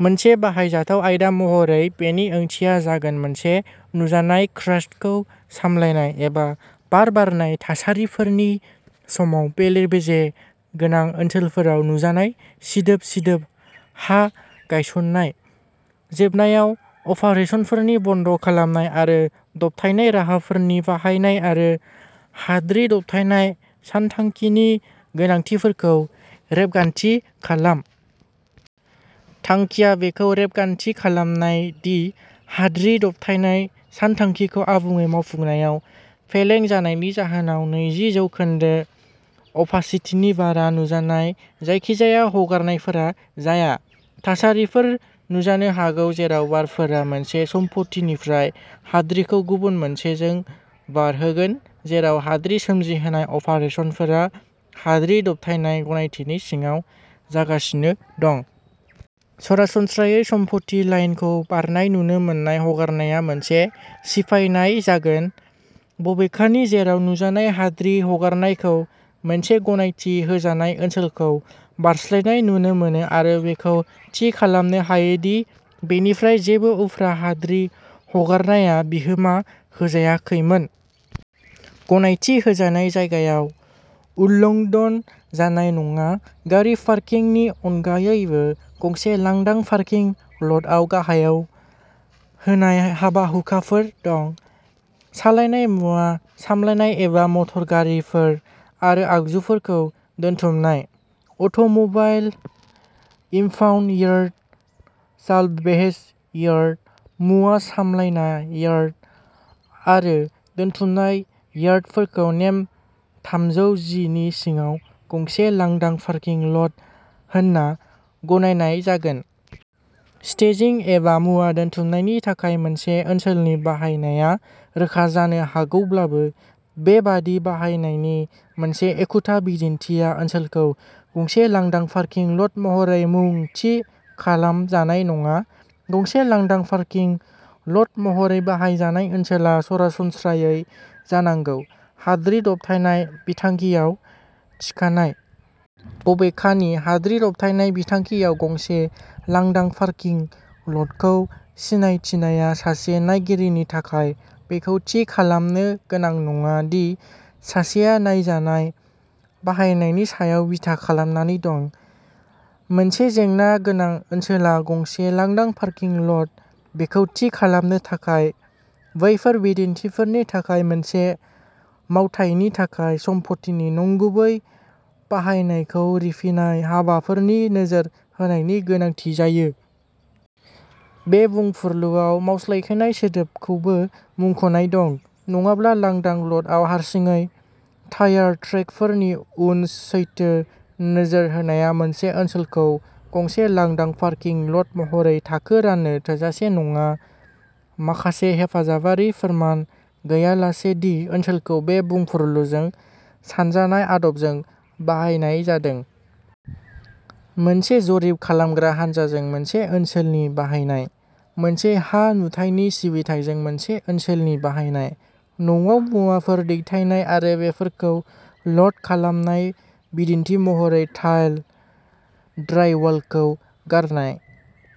मोनसे बाहायजाथाव आयदा महरै बेनि ओंथिया जागोन मोनसे नुजानाय क्रास्टखौ सामलायनाय एबा बार बारनाय थासारिफोरनि समाव बेले-बेजे गोनां ओनसोलफोराव नुजानाय सिदोब-सिदोब हा गायसन्नाय। जोबनायाव अपारेसनफोरनि बन्द' खालामनाय आरो दबथायनाय राहाफोरनि बाहायनाय आरो हाद्रि दबथायनाय सानथांखिनि गोनांथिफोरखौ रेबगान्थि खालाम। थांखिया बेखौ रेबगान्थि खालामनाय दि हाद्रि दबथायनाय सानथांखिखौ आबुङै मावफुंनायाव फेलें जानायनि जाहोनाव नैजि जौखोन्दो अपासिटिनि बारा नुजानाय जायखिजाया हगारनायफोरा जाया। थासारिफोर नुजानो हागौ जेराव बारफोरा मोनसे सम्पथिनिफ्राय हाद्रिखौ गुबुन मोनसेजों बारहोगोन जेराव हाद्रि सोमजिहोनाय अपारेसनफोरा हाद्रि दबथायनाय गनायथिनि सिङाव जागासिनो दं। सरासनस्रायै सम्पथि लाइनखौ बारनाय नुनो मोननाय हगारनाया मोनसे सिफायनाय जागोन। बबेखानि जेराव नुजानाय हाद्रि हगारनायखौ मोनसे गनायथि होजानाय ओनसोलखौ बारस्लायनाय नुनो मोनो आरो बेखौ थि खालामनो हायो दि बेनिफ्राय जेबो उफ्रा हाद्रि हगारनाया बिहोमा होजायाखैमोन। गनायथि होजानाय जायगायाव उल्लंधन जानाय नङा। गारि पार्किंनि अनगायैबो गंसे लांदां पार्किं ल'टआव गाहायाव होनाय हाबा-हुखाफोर दं, सालायनाय, मुवा सामलायनाय एबा मटर गारिफोर आरो आगजुफोरखौ दोनथुमनाय। Automobile impound yard, salvage yard, मुवा सामलायनाय यार्ड आरो दोनथुमनाय यार्डफोरखौ नेम थामजौ जि नि सिङाव गंसे लांदां पार्किं ल'ट होनना गनायनाय जागोन। स्टेजिं एबा मुवा दोनथुमनायनि थाखाय मोनसे ओनसोलनि बाहायनाया रोखा जानो हागौब्लाबो बेबादि बाहायनायनि मोनसे एखुथा बिदिन्थिआ ओनसोलखौ गंसे लांदां पार्किं ल'ट महरै मुं थि खालाम जानाय नङा। गंसे लांदां पार्किं ल'ट महरै बाहायजानाय ओनसोला सरासनस्रायै जानांगौ हाद्रि दबथायनाय बिथांखियाव थिखानाय। बबेखानि हाद्रि दबथायनाय बिथांखियाव गंसे लांदां पार्किं ल'टखौ सिनायथिनाया सासे नायगिरिनि थाखाय बेखौ थि खालामनो गोनां नङा दि सासेआ नायजानाय बाहायनायनि सायाव बिथा खालामनानै दं। मोनसे जेंना गोनां ओनसोला गंसे लांदां पार्किं ल'ट बेखौ थि खालामनो थाखाय बैफोर बिदिन्थिफोरनि थाखाय मोनसे मावथायनि थाखाय सम्पथिनि नंगुबै बाहायनायखौ रिफिनाय हाबाफोरनि नोजोर होनायनि गोनांथि जायो। बे बुंफुरलुआव "मावस्लायहोनाय" सोदोबखौबो मुंख'नाय दं। नङाब्ला लांदां ल'टआव हारसिङै टायार ट्रेकफोरनि उन सैथो नोजोर होनाया मोनसे ओनसोलखौ गंसे लांदां पार्किं ल'ट महरै थाखो राननो थोजासे नङा माखासे हेफाजाबारि फोरमान गैयालासे दि ओनसोलखौ बे बुंफुरलुजों सानजानाय आदबजों बाहायनाय जादों। मोनसे जरिब खालामग्रा हान्जाजों मोनसे ओनसोलनि बाहायनाय। मोनसे हा-नुथायनि सिबिथाइजों मोनसे ओनसोलनि बाहायनाय। न'आव मुवाफोर दैथायनाय आरो बेफोरखौ ल'ड खालामनाय बिदिन्थि महरै टाइल, ड्राइवालखौ गारनाय।